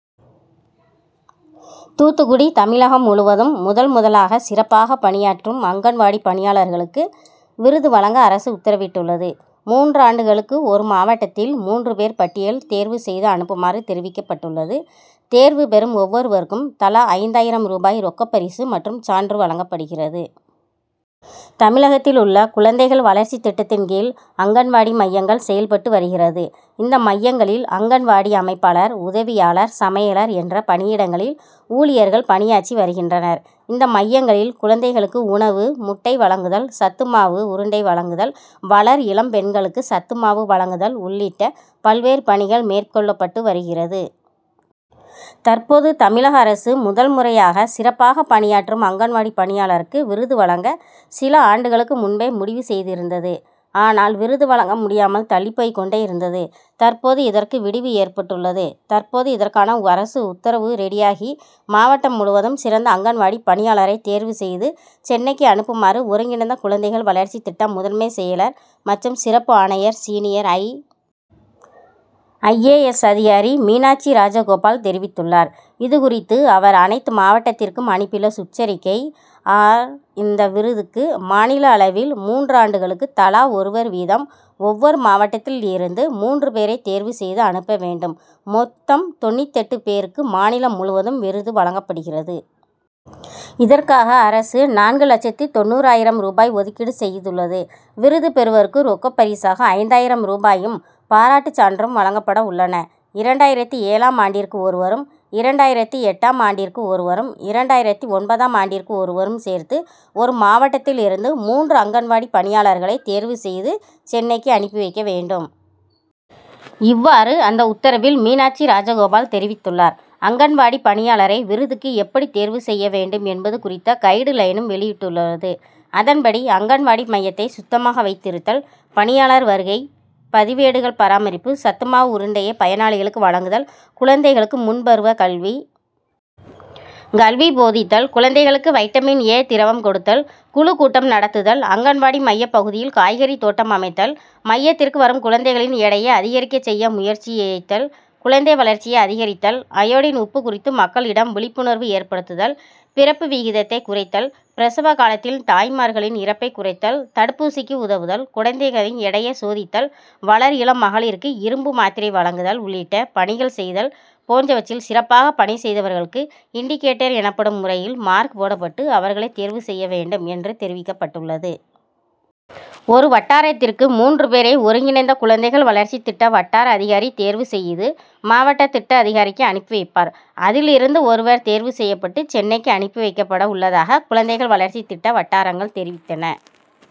தூத்துக்குடி தமிழகம் முழுவதும் முதல் முதலாக சிறப்பாக பணியாற்றும் அங்கன்வாடி பணியாளர்களுக்கு விருது வழங்க அரசு உத்தரவிட்டுள்ளது. மூன்று ஆண்டுக்கு ஒரு மாவட்டத்தில் மூன்று பேர் பட்டியல் தேர்வு செய்து அனுப்புமாறு தெரிவிக்கப்பட்டுள்ளது. தேர்வு பெறும் ஒவ்வொருவருக்கும் தலா ஐந்தாயிரம் ரூபாய் ரொக்கப்பரிசு மற்றும் சான்று வழங்கப்படுகிறது. தமிழகத்தில் ணந்த குழந்தைகள் வளர் ச்சி திட்டத்தின் கீழ் அங்கன்வாடி மையங்கள் செயல்பட்டு வருகிறது. இந்த மையங்களில் அங்கன்வாடி அமைப்பாளர், உதவியாளர், சமையலர் என்ற பணியிடங்களில் ஊழியர்கள் பணியாற்றி வருகின்றனர். இந்த மையங்களில் குழந்தைகளுக்கு உணவு, முட்டை வழங்குதல், சத்துமாவு உருண்டை வழங்குதல், வளர் இளம் பெண்களுக்கு சத்துமாவு வழங்குதல் உள்ளிட்ட பல்வேறு பணிகள் மேற்கொள்ளப்பட்டு வருகிறது. தற்போது தமிழக அரசு முதல் முறையாக சிறப்பாக பணியாற்றும் அங்கன்வாடி பணியாளருக்கு விருது வழங்க சில ஆண்டுகளுக்கு முன்பே முடிவு செய்திருந்தது. ஆனால் விருது வழங்க முடியாமல் தள்ளிப் போய் கொண்டே இருந்தது. தற்போது இதற்கு விடிவு ஏற்பட்டுள்ளது. தற்போது இதற்கான அரசு உத்தரவு ரெடியாகி மாவட்டம் முழுவதும் சிறந்த அங்கன்வாடி பணியாளரைத் தேர்வு செய்து சென்னைக்கு அனு ப்புமாறு ஒருங்கிணைந்த குழந்தைகள் வளர்ச்சி திட்ட முதன்மை செயலர் மற்றும் சிறப்பு ஆணையர் சீனியர் ஐ. ஐ.ஏ. எஸ் அதிகாரி மீனாட்சிராஜகோபால் தெரிவித்துள்ளார். இது குறித்து அவர் அனைத்து மாவட்டத்திற்கும் அனுப்பியுள்ள சுற்றறிக்கை ஆர். இந்த விருதுக்கு மாநில அளவில் மூன்று ஆண்டுகளுக்கு தலா ஒருவர் வீதம் ஒவ்வொரு மாவட்டத்தில் இருந்து மூன்று பேரை தேர்வு செய்து அனுப்ப வேண்டும். மொத்தம் தொண்ணூற்றெட்டு பேருக்கு மாநிலம் முழுவதும் விருது வழங்கப்படுகிறது. இதற்காக அரசு நான்கு லட்சத்து தொண்ணூறாயிரம் ரூபாய் ஒதுக்கீடு செய்துள்ளது. விருது பெறுவோருக்கு ரொக்கப்பரிசாக ஐந்தாயிரம் ரூபாயும், பாராட்டு சான்றும் வழங்கப்பட உள்ளன. இரண்டாயிரத்து ஏழாம் ஆண்டிற்கு ஒருவரும், இரண்டாயிரத்து எட்டாம் ஆண்டிற்கு ஒருவரும், இரண்டாயிரத்து ஒன்பதாம் ஆண்டிற்கு ஒருவரும் சேர்த்து ஒரு மாவட்டத்தில் இருந்து மூன்று அங்கன்வாடி பணியாளர்களை தேர்வு செய்து சென்னைக்கு அனுப்பி வைக்க வேண்டும். இவ்வாறு அந்த உத்தரவில் மீனாட்சிராஜகோபால் தெரிவித்துள்ளார். அங்கன்வாடி பணியாளரை விருதுக்கு எப்படி தேர்வு செய்ய வே ண்டும் என்பது குறித்து கைடுலைனும் வெளியிடப்பட்டுள்ளது. அதன்படி அங்கன்வாடி மையத்தை சுத்தமாக வைத்திருத்தல், பணியாளர் வருகை, பதிவேடுகள் பராமரிப்பு, சத்துமாவு உருண்டையை பயனாளிகளுக்கு வழங்குதல், குழந்தைகளுக்கு முன்பருவ கல்வி போதித்தல் குழந்தைகளுக்கு வைட்டமின் ஏ திரவம் கொடுத்தல் குழு கூட்டம் நடத்துதல் அங்கன்வாடி மைய பகுதியில் காய்கறி தோட்டம் அமைத்தல் மையத்திற்கு வரும் குழந்தைகளின் எடையை அதிகரிக்க செய்ய முயற்சித்தல் குழந்தை வளர்ச்சியை அதிகரித்தல் அயோடின் உப்பு குறித்து மக்களிடம் விழிப்புணர்வு ஏற்படுத்துதல் பிறப்பு விகிதத்தை குறைத்தல்‌ பிரசவ காலத்தில் தாய்மார்களின் இறப்பை குறைத்தல்‌ தடுப்பூசிக்கு உதவுதல் குழந்தைகளின் எடையை சோதித்தல் வளர் இளம் மகளிருக்கு இரும்புமாத்திரை வழங்குதல் உள்ளிட்ட பணிகள் செய்தல் போன்றவற்றில் சிறப்பாக பணி செய்தவர்களுக்கு இண்டிகேட்டர் எனப்படும் முறையில் மார்க் போடப்பட்டு அவர்களைத் தேர்வு செய்ய வேண்டும் என்று தெரிவிக்கப்பட்டுள்ளது. ஒரு வட்டாரத்திற்கு மூன்று பேரை ஒருங்கிணைந்த குழந்தைகள் வளர்ச்சி திட்ட வட்டார அதிகாரி தேர்வு செய்து மாவட்ட திட்ட அதிகாரிக்கு அனுப்பி வைப்பார். அதில் இருந்து ஒருவர் தேர்வு செய்யப்பட்டு சென்னைக்கு அனுப்பி வைக்கப்பட உள்ளதாக குழந்தைகள் வளர்ச்சி திட்ட வட்டாரங்கள் தெரிவித்தன.